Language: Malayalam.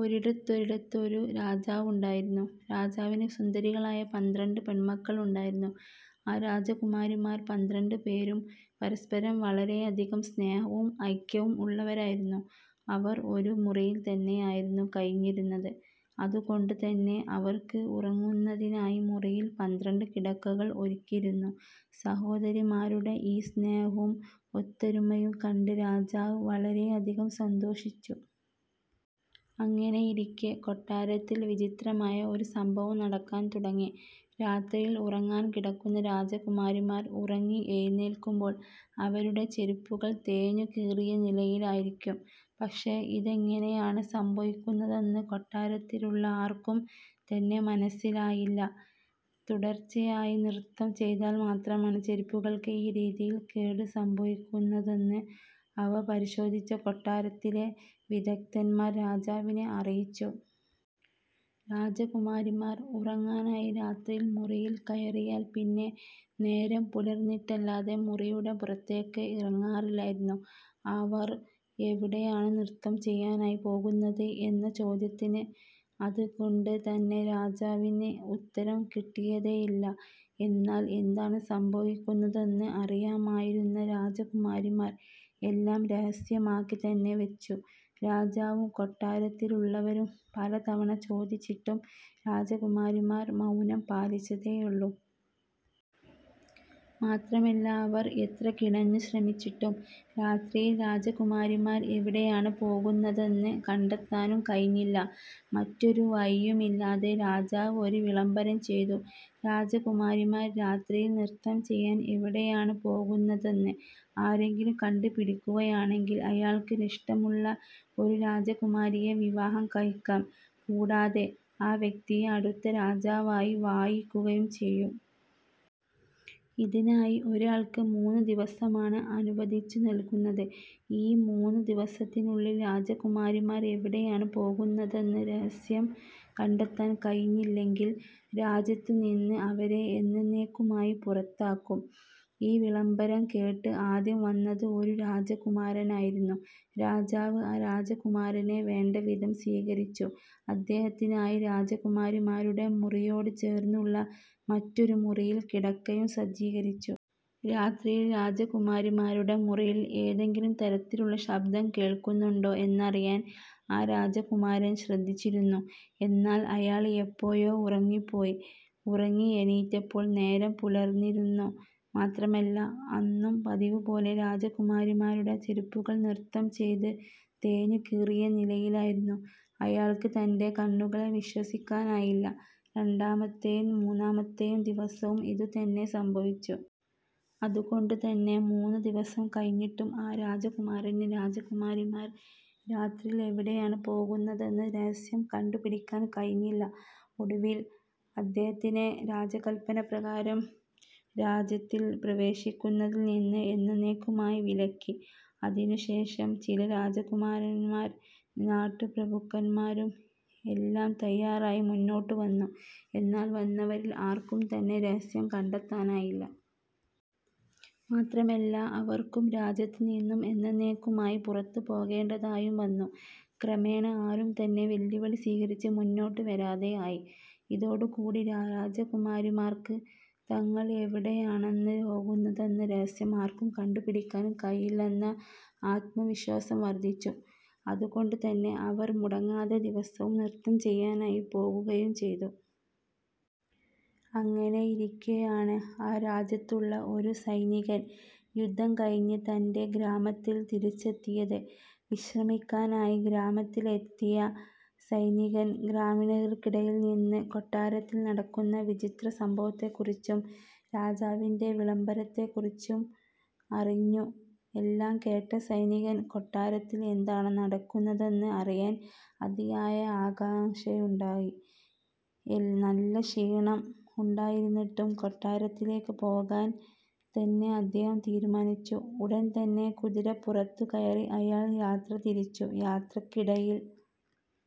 ഒരിടത്തൊരിടത്ത് ഒരു രാജാവുണ്ടായിരുന്നു. രാജാവിന് സുന്ദരികളായ പന്ത്രണ്ട് പെൺമക്കൾ ഉണ്ടായിരുന്നു. ആ രാജകുമാരിമാർ പന്ത്രണ്ട് പേരും പരസ്പരം വളരെയധികം സ്നേഹവും ഐക്യവും ഉള്ളവരായിരുന്നു. അവർ ഒരു മുറിയിൽ തന്നെയായിരുന്നു കഴിഞ്ഞിരുന്നത്. അതുകൊണ്ടു തന്നെ അവർക്ക് ഉറങ്ങുന്നതിനായി മുറിയിൽ പന്ത്രണ്ട് കിടക്കകളും ഒരുക്കിയിരുന്നു. സഹോദരിമാരുടെ ഈ സ്നേഹവും ഒത്തൊരുമയും കണ്ട് രാജാവ് വളരെയധികം സന്തോഷിച്ചു. അങ്ങനെയിരിക്കെ കൊട്ടാരത്തിൽ വിചിത്രമായ ഒരു സംഭവം നടക്കാൻ തുടങ്ങി. രാത്രിയിൽ ഉറങ്ങാൻ കിടക്കുന്ന രാജകുമാരിമാർ ഉറങ്ങി എഴുന്നേൽക്കുമ്പോൾ അവരുടെ ചെരുപ്പുകൾ തേഞ്ഞുകീറിയ നിലയിലായിരിക്കും. പക്ഷേ ഇതെങ്ങനെയാണ് സംഭവിക്കുന്നതെന്ന് കൊട്ടാരത്തിലുള്ള ആർക്കും തന്നെ മനസിലായില്ല. തുടർച്ചയായി നൃത്തം ചെയ്താൽ മാത്രമാണ് ചെരുപ്പുകൾക്ക് ഈ രീതിയിൽ കേട് സംഭവിക്കുന്നതെന്ന് അവ പരിശോധിച്ച കൊട്ടാരത്തിലെ വിദഗ്ധൻമാർ രാജാവിനെ അറിയിച്ചു. രാജകുമാരിമാർ ഉറങ്ങാനായി രാത്രിയിൽ മുറിയിൽ കയറിയാൽ പിന്നെ നേരം പുലർന്നിട്ടല്ലാതെ മുറിയുടെ പുറത്തേക്ക് ഇറങ്ങാറില്ലായിരുന്നു. അവർ എവിടെയാണ് നൃത്തം ചെയ്യാനായി പോകുന്നത് എന്ന ചോദ്യത്തിന് അതുകൊണ്ട് തന്നെ രാജാവിന് ഉത്തരം കിട്ടിയതേയില്ല. എന്നാൽ എന്താണ് സംഭവിക്കുന്നതെന്ന് അറിയാമായിരുന്ന രാജകുമാരിമാർ എല്ലാം രഹസ്യമാക്കി തന്നെ വച്ചു. രാജാവും കൊട്ടാരത്തിലുള്ളവരും പലതവണ ചോദിച്ചിട്ടും രാജകുമാരിമാർ മൗനം പാലിച്ചതേയുള്ളൂ. മാത്രമല്ല അവർ എത്ര കിണഞ്ഞു ശ്രമിച്ചിട്ടും രാത്രിയിൽ രാജകുമാരിമാർ എവിടെയാണ് പോകുന്നതെന്ന് കണ്ടെത്താനും കഴിഞ്ഞില്ല. മറ്റൊരു വഴിയുമില്ലാതെ രാജാവ് ഒരു വിളംബരം ചെയ്തു. "രാജകുമാരിമാർ രാത്രിയിൽ നൃത്തം ചെയ്യാൻ എവിടെയാണ് പോകുന്നതെന്ന് ആരെങ്കിലും കണ്ടു പിടിക്കുകയാണെങ്കിൽ അയാൾക്ക് ഇഷ്ടമുള്ള ഒരു രാജകുമാരിയെ വിവാഹം കഴിക്കാം. കൂടാതെ ആ വ്യക്തിയെ അടുത്ത രാജാവായി വാഴിക്കുകയും ചെയ്യും. ഇതിനായി ഒരാൾക്ക് മൂന്ന് ദിവസമാണ് അനുവദിച്ചു നൽകുന്നത്. ഈ മൂന്നു ദിവസത്തിനുള്ളിൽ രാജകുമാരിമാർ എവിടെയാണ് പോകുന്നതെന്ന് രഹസ്യം കണ്ടെത്താൻ കഴിഞ്ഞില്ലെങ്കിൽ രാജ്യത്തുനിന്നും അവരെ എന്നന്നേക്കുമായി പുറത്താക്കും. " ഈ വിളംബരം കേട്ട് ആദ്യം വന്നത് ഒരു രാജകുമാരനായിരുന്നു. രാജാവ് ആ രാജകുമാരനെ വേണ്ടവിധം സ്വീകരിച്ചു. അദ്ദേഹത്തിനായി രാജകുമാരിമാരുടെ മുറിയോട് ചേർന്നുള്ള മറ്റൊരു മുറിയിൽ കിടക്കയും സജ്ജീകരിച്ചു. രാത്രിയിൽ രാജകുമാരിമാരുടെ മുറിയിൽ ഏതെങ്കിലും തരത്തിലുള്ള ശബ്ദം കേൾക്കുന്നുണ്ടോ എന്നറിയാൻ ആ രാജകുമാരൻ ശ്രദ്ധിച്ചിരുന്നു. എന്നാൽ അയാൾ എപ്പോഴോ ഉറങ്ങിപ്പോയി. ഉറങ്ങിയെണീറ്റപ്പോൾ നേരം പുലർന്നിരുന്നു. മാത്രമല്ല അന്നും പതിവുപോലെ രാജകുമാരിമാരുടെ ചെരുപ്പുകൾ നൃത്തം ചെയ്ത് തേഞ്ഞു കീറിയ നിലയിലായിരുന്നു. അയാൾക്ക് തൻ്റെ കണ്ണുകളെ വിശ്വസിക്കാനായില്ല. രണ്ടാമത്തെയും മൂന്നാമത്തെയും ദിവസവും ഇതുതന്നെ സംഭവിച്ചു. അതുകൊണ്ട് തന്നെ മൂന്നു ദിവസം കഴിഞ്ഞിട്ടും ആ രാജകുമാരന് രാജകുമാരിമാർ രാത്രിയിൽ എവിടെയാണ് പോകുന്നതെന്ന രഹസ്യം കണ്ടുപിടിക്കാൻ കഴിഞ്ഞില്ല. ഒടുവിൽ അദ്ദേഹത്തിനെ രാജകല്പന പ്രകാരം രാജ്യത്തിൽ പ്രവേശിക്കുന്നതിൽ നിന്ന് എന്നന്നേക്കുമായി വിലക്കി. അതിനു ശേഷം ചില രാജകുമാരൻമാരും നാട്ടുപ്രഭുക്കന്മാരും എല്ലാം തയ്യാറായി മുന്നോട്ടു വന്നു. എന്നാൽ വന്നവരിൽ ആർക്കും തന്നെ രഹസ്യം കണ്ടെത്താനായില്ല. മാത്രമല്ല അവർക്കും രാജ്യത്ത് നിന്നു എന്നെന്നേക്കുമായി പുറത്തു പോകേണ്ടതായും വന്നു. ക്രമേണ ആരും തന്നെ വെല്ലുവിളി സ്വീകരിച്ച് മുന്നോട്ടു വരാതെ ആയി. ഇതോടുകൂടി രാജകുമാരിമാർക്ക് തങ്ങൾ എവിടെയാണെന്ന് പോകുന്നതെന്ന രഹസ്യം ആർക്കും കണ്ടുപിടിക്കാൻ കഴിയില്ലെന്ന ആത്മവിശ്വാസം വർദ്ധിച്ചു. അതുകൊണ്ടുതന്നെ അവർ മുടങ്ങാതെ ദിവസവും നൃത്തം ചെയ്യാനായി പോകുകയും ചെയ്തു. അങ്ങനെയിരിക്കെയാണ് ആ രാജ്യത്തുള്ള ഒരു സൈനികൻ യുദ്ധം കഴിഞ്ഞ് തൻ്റെ ഗ്രാമത്തിൽ തിരിച്ചെത്തിയത്. വിശ്രമിക്കാനായി ഗ്രാമത്തിലെത്തിയ സൈനികൻ ഗ്രാമീണർക്കിടയിൽ നിന്ന് കൊട്ടാരത്തിൽ നടക്കുന്ന വിചിത്രസംഭവത്തെക്കുറിച്ചും രാജാവിൻ്റെ വിളംബരത്തെക്കുറിച്ചും അറിഞ്ഞു. എല്ലാം കേട്ട സൈനികന് കൊട്ടാരത്തിൽ എന്താണ് നടക്കുന്നതെന്ന് അറിയാൻ അതിയായ ആകാംക്ഷയുണ്ടായി. നല്ല ക്ഷീണം ഉണ്ടായിരുന്നിട്ടും കൊട്ടാരത്തിലേക്ക് പോകാൻ തന്നെ അദ്ദേഹം തീരുമാനിച്ചു. ഉടൻതന്നെ കുതിരപ്പുറത്തു കയറി അയാൾ യാത്ര തിരിച്ചു. യാത്രക്കിടയിൽ